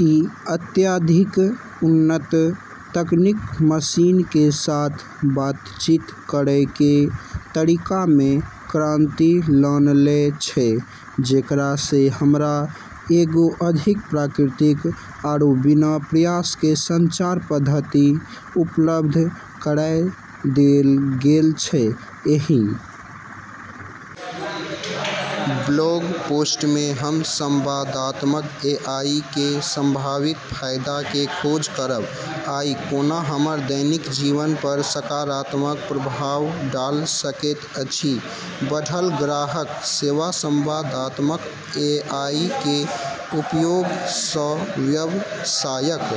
ई अत्यधिक उन्नत तकनीक मशीनऽ के साथ बातचीत करै के तरीका मे क्रांति लानले छै, जेकरा से हमरा एगो अधिक प्राकृतिक आरू बिना प्रयास के संचार पद्धति उपलब्ध कराय देलऽ गेलऽ छै, एहि ब्लॉग पोस्ट में हम संवादात्मक एआई के संभावित फायदा के खोज करब आ ई कोना हमर दैनिक जीवन पर सकारात्मक प्रभाव डाल सकैत अछि, बढ़ल ग्राहक सेवा संवादात्मक एआई कें उपयोग सं व्यवसायक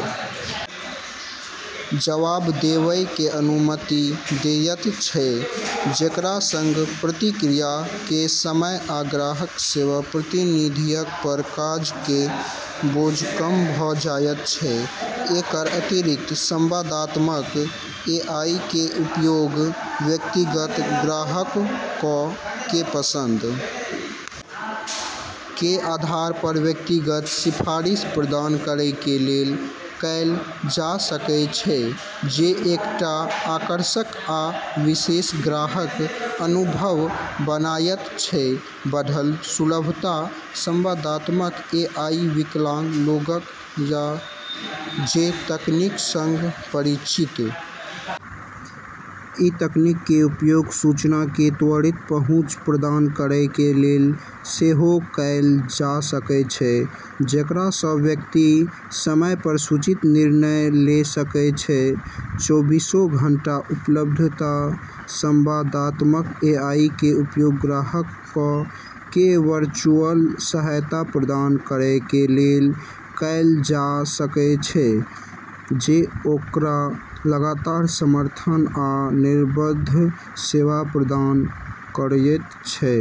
जवाब देवय कें अनुमति देयत छै‌ जेकरा सं प्रतिक्रिया कें समय आ ग्राहक सेवा प्रतिनिधियक पर काज कें बोझ कम भ जायत छै, एकर अतिरिक्त संवादात्मक एआई कें उपयोग व्यक्तिगत ग्राहकक कें पसंद कें आधार पर व्यक्तिगत सिफारिश प्रदान करय कें लेल कैल जा सकय छै जे एकटा आकर्षक आ विशेष ग्राहक अनुभव बनायत छै, बढ़ल सुलभता संवादात्मक एआई विकलांग लोगक या जे तकनीक सं परिचित इ तकनीक कें उपयोग सूचना कें त्वरित पहुंच प्रदान करय कें लेल सेहो कैल जा सकय छै जेकरा सं व्यक्ति समय पर सूचित निर्णय ले सकय छै, चौबीसों घंटा उपलब्धता संवादात्मक एआई कें उपयोग ग्राहकक कें वर्चुअल सहायता प्रदान करय कें लेल कैल जा सकय छै जे ओकरा लगातार समर्थन आ निर्बाध सेवा प्रदान करयत छै।